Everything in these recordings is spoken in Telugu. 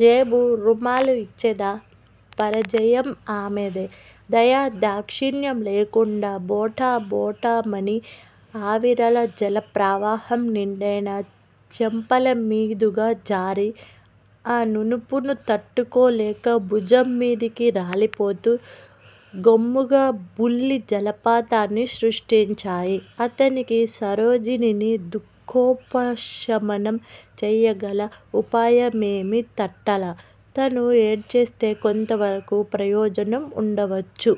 జేబురుమాలు ఇచ్చేదా? పరాజయం ఆమెదే. దయాదాక్షిణ్యం లేకుండా బొటబొటమని అవిరళ జలప్రవాహం నిండైన చెంపలమీదుగా జారి, ఆ నునుపూను తట్టుకోలేక భుజం మీదికి రాలిపోతూ గోముగా బుల్లి జలపాతాన్ని సృష్టించాయి. అతనికి సరోజినిని దుఃఖోపశమనం చేయగల ఉపాయమేమీ తట్టలా. తనూ ఏడిచేస్తే కొంతవరకూ ప్రయోజనం ఉండవచ్చు.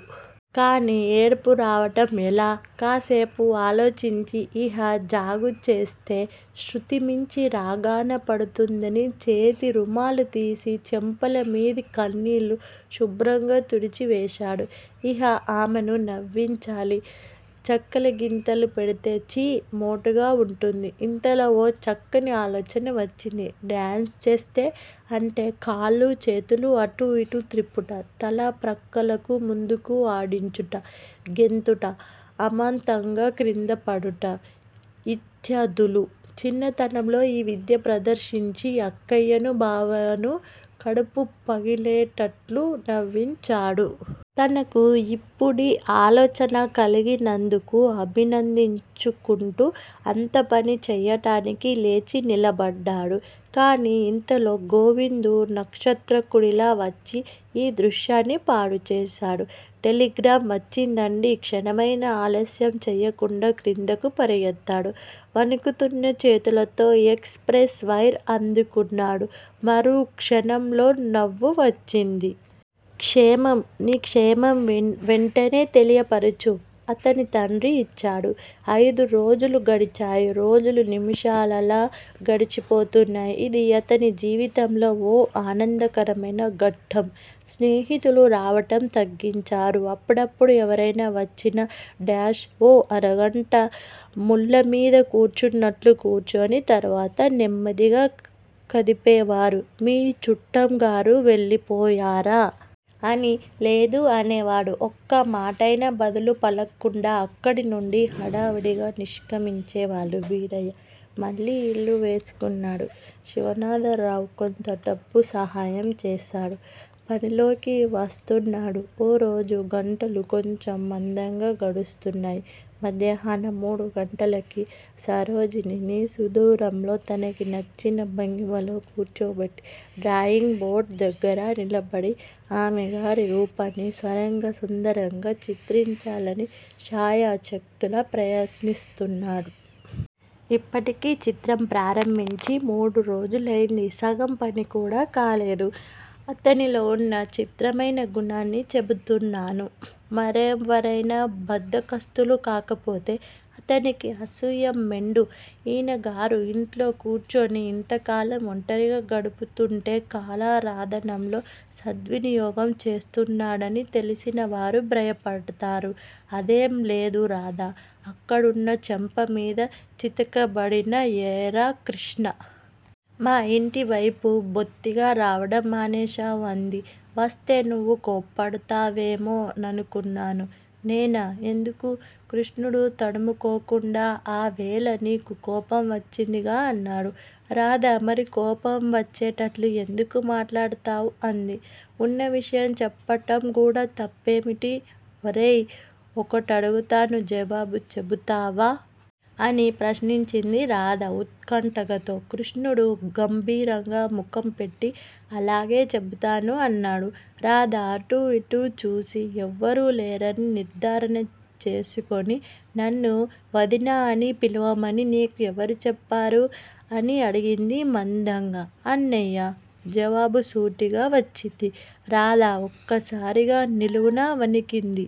కానీ ఏడుపు రావటం ఎలా? కాసేపు ఆలోచించి ఇహ జాగుచేస్తే శృతిమించి రాగాన పడుతుందని చేతిరుమాలు తీసి చెంపలమీది కన్నీళ్ళు శుభ్రంగా తుడిచివేశాడు. ఇహ ఆమెను నవ్వించాలి. చక్కిలిగింతలు పెడితే ఛీ! మోటుగా వుంటుంది. ఇంతలో ఓ చక్కని ఆలోచన వచ్చింది. డ్యాన్స్ చేస్తే? అంటే కాళ్ళూ, చేతులూ అటూ యిటూ త్రిప్పుట, తల ప్రక్కలకూ, ముందుకూ ఆడించుట, గెంతుట, అమాంతంగా క్రిందపడుట, యిత్యాదులు, చిన్నతనంలో ఈ విద్య ప్రదర్శించి అక్కయ్యనూ, బావనూ కడుపు పగిలేటట్లు నవ్వించాడు. తనకు యిప్పుడీ ఆలోచన కలిగినందుకు అభినందించుకుంటూ అంత పనీ చేయటానికి లేచి నిలబడ్డాడు. కానీ యింతలో గోవిందు నక్షత్రకుడిలా వచ్చి యీ దృశ్యాన్ని పాడుచేశాడు. టెలిగ్రాం వచ్చిందండీ. క్షణమైనా ఆలస్యం చేయకుండా క్రిందకు పరిగెత్తాడు. వణుకుతూన్న చేతులతో ఎక్స్ ప్రెస్ వైర్ అందుకున్నాడు. మరుక్షణంలో నవ్వు వచ్చింది. క్షేమం నీ క్షేమం వెంటనే తెలియపరచు. అతని తండ్రి యిచ్చాడు. అయిదురోజులు గడిచాయి. రోజులు నిముషాలలా గడిచిపోతున్నాయి. ఇది అతని జీవితంలో ఓ ఆనందకరమైన ఘట్టం. స్నేహితులు రావడం తగ్గించారు. అప్పుడప్పుడూ ఎవరైనా వచ్చినా-ఓ అరగంట ముళ్ళమీద కూర్చున్నట్లు కూర్చుని తరువాత నెమ్మదిగా కదిపేవారు మీ చుట్టంగారు వెళ్ళిపోయారా? అని. లేదు అనేవాడు. ఒక్కమాటయినా బదులు పలక్కుండా అక్కడినుండి హడావుడిగా నిష్క్రమించేవాళ్ళు. వీరయ్య మళ్ళీ యిల్లు వేసుకున్నాడు. శివనాథరావు కొంత డబ్బు సహాయం చేశాడు. పనిలోకి వస్తున్నాడు. ఓరోజు గంటలు కొంచెం మందంగా గడుస్తున్నాయి. మధ్యాహ్నం మూడు గంటలకి సరోజినిని సుదూరంలో తనకు నచ్చిన భంగిమలో కూర్చోబెట్టీ డ్రాయింగ్ బోర్డుదగ్గర నిలబడి ఆమెగారి రూపాన్ని సర్వాంగ సుందరంగా చిత్రించాలని శాయశక్తులా ప్రయత్నిస్తున్నాడు. ఇప్పటికి చిత్రం ప్రారంభించి మూడురోజులైంది. సగం పనికూడా కాలేదు. అతనిలో వున్న చిత్రమైన గుణాన్ని చెబుతున్నాను. మరెవరైనా బద్దకస్తులు కాకపోతే అతనికి అసూయ మెండు. ఈయనగారు యింట్లో కూర్చుని యింతకాలం ఒంటరిగా గడుపుతూంటే కళారాధనంలో సద్వినియోగం చేస్తున్నాడని తెలిసినవారు భ్రమపడతారు. అదేం లేదు. రాధ అక్కడున్న చాపమీద చతికిలబడి ఏరా కృష్ణా! మా ఇంటివైపు బొత్తిగా రావటం మానేశావు అంది. వస్తే నువ్వు కోప్పడుతావేమో ననుకున్నాను. నేనా? ఎందుకు? కృష్ణుడు తడుముకోకుండా ఆవేళ నీకు కోపం వచ్చిందిగా అన్నాడు. రాధ మరి కోపం వచ్చేటట్లు ఎందుకు మాట్లాడతావు అంది. ఉన్న విషయం చెప్పటంగూడా తప్పేమిటి? ఒరేయి, ఒకటడుగుతాను జవాబు చెబుతావా? అని ప్రశ్నించింది రాధ ఉత్కంఠగతో. కృష్ణుడు గంభీరంగా ముఖంపెట్టి అలాగే చెబుతాను అన్నాడు. రాధ అటూ ఇటూ చూసి, ఎవ్వరూ లేరని నిర్ధారణ చేసుకుని నన్ను వదినా అని పిలవమని నీకు ఎవరు చెప్పారు? అని అడిగింది మందంగా. అన్నయ్య. జవాబు సూటిగా వచ్చింది. రాధ ఒక్కసారిగా నిలువునా వణికింది.